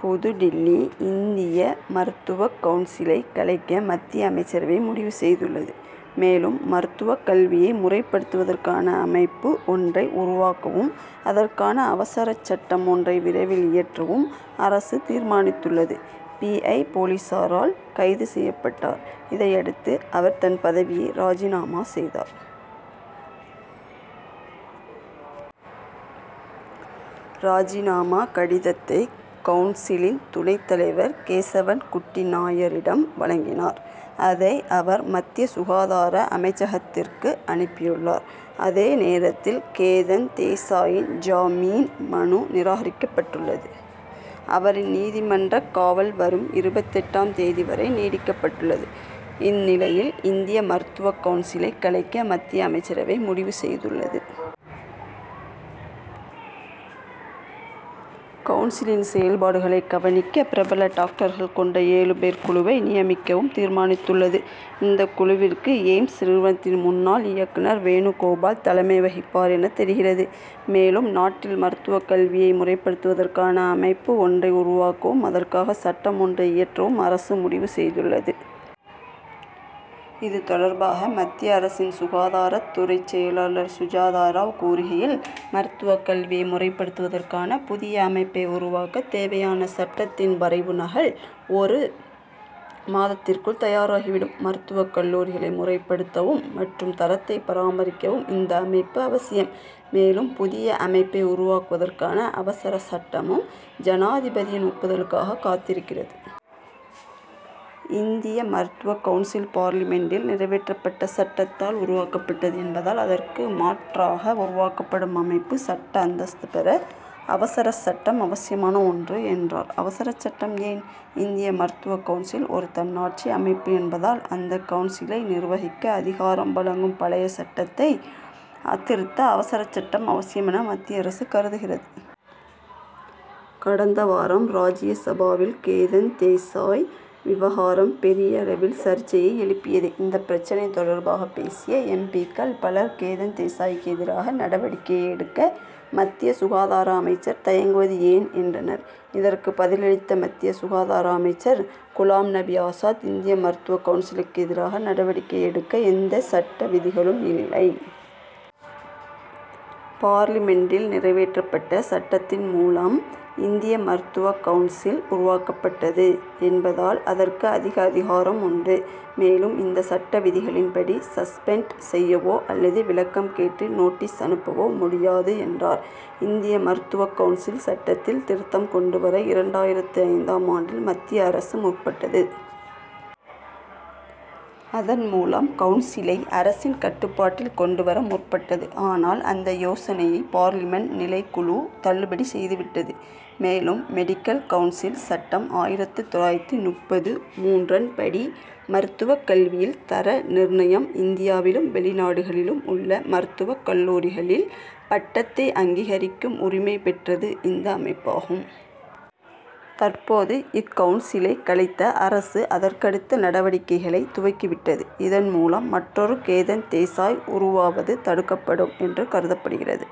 புதுடில்லி இந்திய மருத்துவக் கவுன்சிலை கலைக்க மத்திய அமைச்சரவை முடிவு செய்துள்ளது. மேலும் மருத்துவக் கல்வியை முறைப்படுத்துவதற்கான அமைப்பு ஒன்றை உருவாக்கவும் அதற்கான அவசரச் சட்டம் ஒன்றை விரைவில் இயற்றவும் அரசு தீர்மானித்துள்ளது. பி. ஐ. போலீசாரால் கைது செய்யப்பட்டார். இதையடுத்து அவர் தன் பதவியை ராஜினாமா செய்தார். ராஜினாமா கடிதத்தை கவுன்சிலின் துணைத் தலைவர் கேசவன்குட்டி நாயரிடம் வழங்கினார். அதை அவர் மத்திய சுகாதார அமைச்சகத்திற்கு அனுப்பியுள்ளார். அதே நேரத்தில் கேதன் தேசாயின் ஜாமீன் மனு நிராகரிக்கப்பட்டுள்ளது. அவரின் நீதிமன்றக் காவல் வரும் இருபத்தெட்டாம் தேதி வரை நீட்டிக்கப்பட்டுள்ளது. இந்நிலையில் இந்திய மருத்துவக் கவுன்சிலை கலைக்க மத்திய அமைச்சரவை முடிவு செய்துள்ளது. கவுன்சிலின் செயல்பாடுகளைக் கவனிக்க பிரபல டாக்டர்கள் கொண்ட ஏழு பேர் குழுவை நியமிக்கவும் தீர்மானித்துள்ளது. இந்தக் குழுவிற்கு எய்ம்ஸ் நிறுவனத்தின் முன்னாள் இயக்குனர் வேணுகோபால் தலைமை வகிப்பார் என தெரிகிறது. மேலும் நாட்டில் மருத்துவக் கல்வியை முறைப்படுத்துவதற்கான அமைப்பு ஒன்றை உருவாக்கவும் அதற்காக சட்டம் ஒன்றை இயற்றவும் அரசு முடிவு செய்துள்ளது. இது தொடர்பாக மத்திய அரசின் சுகாதாரத் துறைச் செயலர் சுஜாதா ராவ் கூறுகையில் மருத்துவக் கல்வியை முறைப்படுவதற்கான புதிய அமைப்பை உருவாக்கத் தேவையான சட்டத்தின் வரைவு நகல் ஒரு மாதத்திற்குள் தயாராகிவிடும். மருத்துவக் கல்லூரிகளை முறைப்படுத்தவும் மற்றும் தரத்தை பராமரிக்கவும் இந்த அமைப்பு அவசியம். மேலும் புதிய அமைப்பை உருவாக்குவதற்கான அவசர சட்டமும் ஜனாதிபதியின் ஒப்புதலுக்காக காத்திருக்கிறது. இந்திய மருத்துவக் கவுன்சில் பார்லிமென்டில் நிறைவேற்றப்பட்ட சட்டத்தால் உருவாக்கப்பட்டது என்பதால் அதற்கு மாற்றாக உருவாக்கப்படும் அமைப்பு சட்ட அந்தஸ்து பெற அவசர சட்டம் அவசியமான ஒன்று என்றார். அவசர சட்டம் ஏன்? இந்திய மருத்துவக் கவுன்சில் ஒரு தன்னாட்சி அமைப்பு என்பதால் அந்த கவுன்சிலை நிர்வகிக்க அதிகாரம் வழங்கும் பழைய சட்டத்தை திருத்த அவசரச் சட்டம் அவசியம் என மத்திய அரசு கருதுகிறது. கடந்த வாரம் ராஜ்ய சபாவில் கேதன் தேசாய் விவகாரம் பெரிய அளவில் சர்ச்சையை எழுப்பியது. இந்தப் பிரச்னை தொடர்பாக பேசிய எம். பி.க்கள் பலர் கேதன் தேசாய்க்கு எதிராக நடவடிக்கை எடுக்க மத்திய சுகாதார அமைச்சர் தயங்குவது ஏன் என்றனர். இதற்கு பதிலளித்த மத்திய சுகாதார அமைச்சர் குலாம் நபி ஆசாத் இந்திய மருத்துவக் கவுன்சிலுக்கு எதிராக நடவடிக்கை எடுக்க எந்த சட்ட விதிகளும் இல்லை. பார்லிமென்டில் நிறைவேற்றப்பட்ட சட்டத்தின் மூலம் இந்திய மருத்துவக் கவுன்சில் உருவாக்கப்பட்டது என்பதால் அதற்கு அதிக அதிகாரம் உண்டு. மேலும் இந்த சட்ட விதிகளின்படி சஸ்பெண்ட் செய்யவோ அல்லது விளக்கம் கேட்டு நோட்டீஸ் அனுப்பவோ முடியாது என்றார். இந்திய மருத்துவக் கவுன்சில் சட்டத்தில் திருத்தம் கொண்டு வர இரண்டாயிரத்து ஐந்தாம் ஆண்டில் மத்திய அரசு முற்பட்டது. அதன் மூலம் கவுன்சிலை அரசின் கட்டுப்பாட்டில் கொண்டு வர முற்பட்டது. ஆனால் அந்த யோசனையை பார்லிமென்ட் நிலைக்குழு தள்ளுபடி செய்துவிட்டது. மேலும் மெடிக்கல் கவுன்சில் சட்டம் ஆயிரத்து தொள்ளாயிரத்து முப்பத்து மூன்றன்படி மருத்துவக் கல்வியில் தர நிர்ணயம் இந்தியாவிலும் வெளிநாடுகளிலும் உள்ள மருத்துவக் கல்லூரிகளில் பட்டத்தை அங்கீகரிக்கும் உரிமை பெற்றது இந்த அமைப்பாகும். தற்போது இக்கவுன்சிலை கலைத்த அரசு அதற்கடுத்த நடவடிக்கைகளை துவக்கிவிட்டது. இதன் மூலம் மற்றொரு கேதன் தேசாய் உருவாவது தடுக்கப்படும் என்று கருதப்படுகிறது.